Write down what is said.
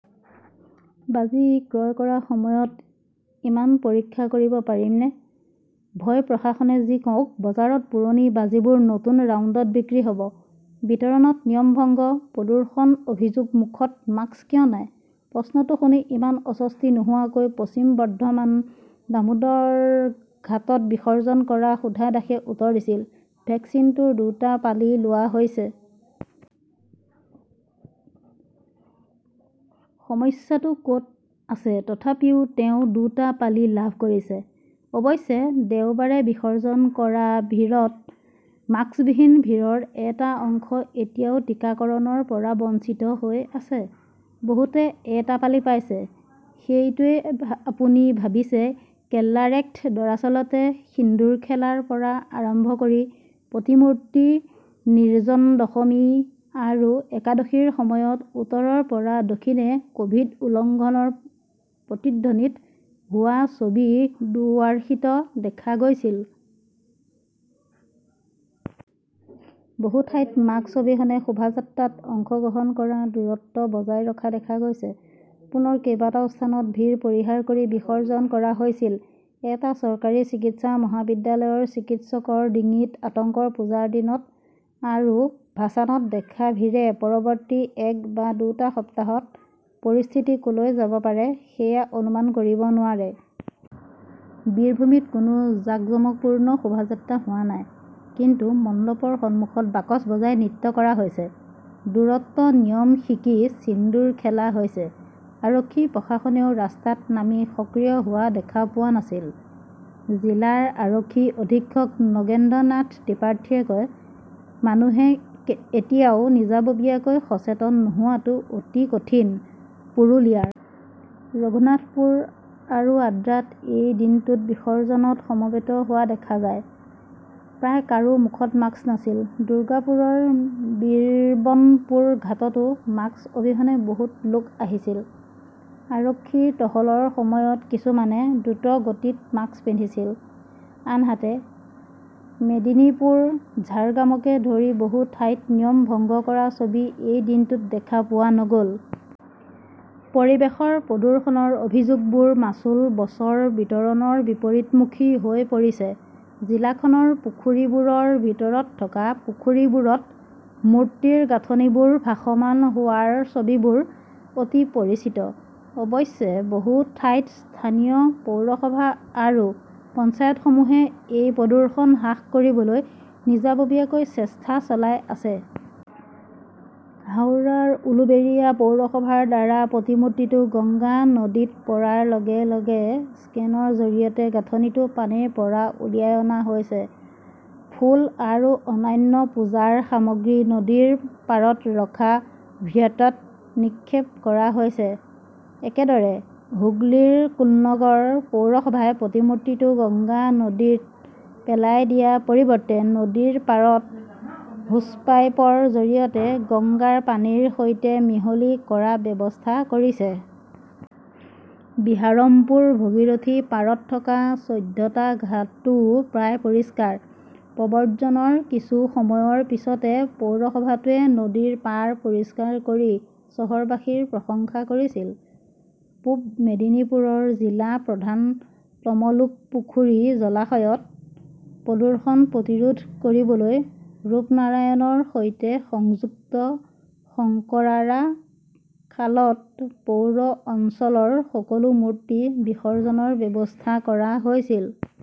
বাজি ক্ৰয় কৰাৰ সময়ত ইমান পৰীক্ষা কৰিব পাৰিমনে? ভয় প্ৰশাসনে যি কওক, বজাৰত পুৰণি বাজিবোৰ নতুন ৰাউণ্ডত বিক্ৰী হ 'ব। বিতৰণত নিয়ম ভংগ, প্ৰদূষণৰ অভিযোগ মুখত মাস্ক কিয় নাই? প্ৰশ্নটো শুনি ইমান অস্বস্তি নোহোৱাকৈ, পশ্চিম বৰ্ধমানৰ দামোদৰ ঘাটত বিসৰ্জন কৰা সুধা দাসে উত্তৰ দিছিল, ভেকচিনটোৰ দুটা পালি লোৱা হৈছে। সমস্যাটো ক'ত আছে? তথাপিও তেওঁ দুটা পালি লাভ কৰিছে। অৱশ্যে, দেওবাৰে বিসৰ্জন কৰা ভিৰত মাস্কবিহীন ভিৰৰ এটা অংশ এতিয়াও টিকাকৰণৰ পৰা বঞ্চিত হৈ আছে। বহুতে এটা পালি পাইছে, সেইটোৱেই আপুনি ভাবিছে কেল্লাফ্টে দৰাচলতে, সিন্দুৰখেলাৰ পৰা আৰম্ভ কৰি প্ৰতিমূৰ্তি নিৰ্জন দশমী আৰু একাদশীৰ সময়ত উত্তৰৰ পৰা দক্ষিণে কভিড উলংঘনৰ প্ৰতিধ্বনিত হোৱা ছবি দুৱাৰ্ষীত দেখা গৈছিল। বহুতো ঠাইত মাস্ক অবিহনে শোভাযাত্ৰাত অংশগ্ৰহণ কৰা, দূৰত্ব বজাই ৰখা দেখা গৈছে। পুনৰ কেইবাটাও স্থানত ভিৰ পৰিহাৰ কৰি বিসৰ্জন কৰা হৈছিল। এটা চৰকাৰী চিকিৎসা মহাবিদ্যালয়ৰ চিকিৎসকৰ ডিঙিৰ আতংক পূজাৰ দিনত আৰু ভাছানত দেখা ভিৰে পৰৱৰ্তী এক বা দুটা সপ্তাহত পৰিস্থিতি ক'লৈ যাব পাৰে সেয়া অনুমান কৰিব নোৱাৰে। বীৰভূমিত কোনো জাকজমকপূৰ্ণ শোভাযাত্ৰা হোৱা নাই, কিন্তু মণ্ডপৰ সন্মুখত বাকচ বজাই নৃত্য কৰা হৈছে, দূৰত্বৰ নিয়ম শিকি ছিন্দুৰ খেলা হৈছে। আৰক্ষী-প্ৰশাসনেও ৰাস্তাত নামি সক্ৰিয় হোৱা দেখা পোৱা নাছিল। জিলাৰ আৰক্ষী অধীক্ষক নগেন্দ্ৰনাথ ত্ৰিপাঠীয়ে কয়, মানুহে এতিয়াও নিজাববীয়াকৈ সচেতন নোহোৱাটো অতি কঠিন। পুৰুলিয়াৰ ৰঘুনাথপুৰ আৰু আদ্ৰাত এই দিনটোত বিসৰ্জনত সমবেত হোৱা দেখা যায়। প্ৰায় কাৰো মুখত মাস্ক নাছিল। দুৰ্গাপুৰৰ বীৰবনপুৰ ঘাটতো মাস্ক অবিহনে বহুত লোক আহিছিল। আৰক্ষীৰ টহলৰ সময়ত কিছুমানে দ্ৰুতগতিত মাস্ক পিন্ধিছিল। আনহাতে, মেদিনীপুৰ, ঝাৰগ্ৰামকে ধৰি বহু ঠাইত নিয়ম ভংগ কৰাৰ ছবি এই দিনটোত দেখা পোৱা নগ'ল। পৰিৱেশৰ প্ৰদূষণৰ অভিযোগবোৰ মাচুল বছৰ বিতৰণৰ বিপৰীতমুখী হৈ পৰিছে। জিলাখনৰ পুখুৰীবোৰৰ ভিতৰত থকা পুখুৰীবোৰত মূৰ্তিৰ গাঁথনিবোৰ ভাসমান হোৱাৰ ছবিবোৰ অতি পৰিচিত। অৱশ্যে, বহু ঠাইত স্থানীয় পৌৰসভা আৰু পঞ্চায়তসমূহে এই প্ৰদূষণ হ্ৰাস কৰিবলৈ নিজাববীয়াকৈ চেষ্টা চলাই আছে। হাওৰাৰ উলুবেৰিয়া পৌৰসভাৰ দ্বাৰা প্ৰতিমূৰ্তিটো গংগা নদীত পৰাৰ লগে লগে স্কেনত জৰিয়তে গাঁথনিটো পানীৰ পৰা উলিয়াই অনা হৈছে। ফুল আৰু অন্যান্য পূজাৰ সামগ্ৰী নদীৰ পাৰত ৰখা ভ্যাটত নিক্ষেপ কৰা হৈছে। একেদৰে, হুগলীৰ কোন্নগৰ পৌৰসভাই প্ৰতিমূৰ্তিটো গংগা নদীত পেলাই দিয়াৰ পৰিৱৰ্তে নদীৰ পাৰত হোচপাইপৰ জৰিয়তে গংগাৰ পানীৰ সৈতে মিহলি কৰাৰ ব্যৱস্থা কৰিছে। বিহাৰমপুৰ, ভাগীৰথী পাৰত থকা চৈধ্যটা ঘাটও প্ৰায় পৰিষ্কাৰ। প্ৰব্ৰজনৰ কিছু সময়ৰ পিছতে পৌৰসভাটোৱে নদীৰ পাৰ পৰিষ্কাৰ কৰি চহৰবাসীৰ প্ৰশংসা কৰিছিল। পূব মেদিনীপুৰৰ জিলা প্ৰধান তমলুক পুখুৰী-জলাশয়ত প্ৰদূষণ প্ৰতিৰোধ কৰিবলৈ ৰূপনাৰায়ণৰ সৈতে সংযুক্ত শংকৰাৰা খালত পৌৰ অঞ্চলৰ সকলো মূৰ্তি বিসৰ্জনৰ ব্যৱস্থা কৰা হৈছিল।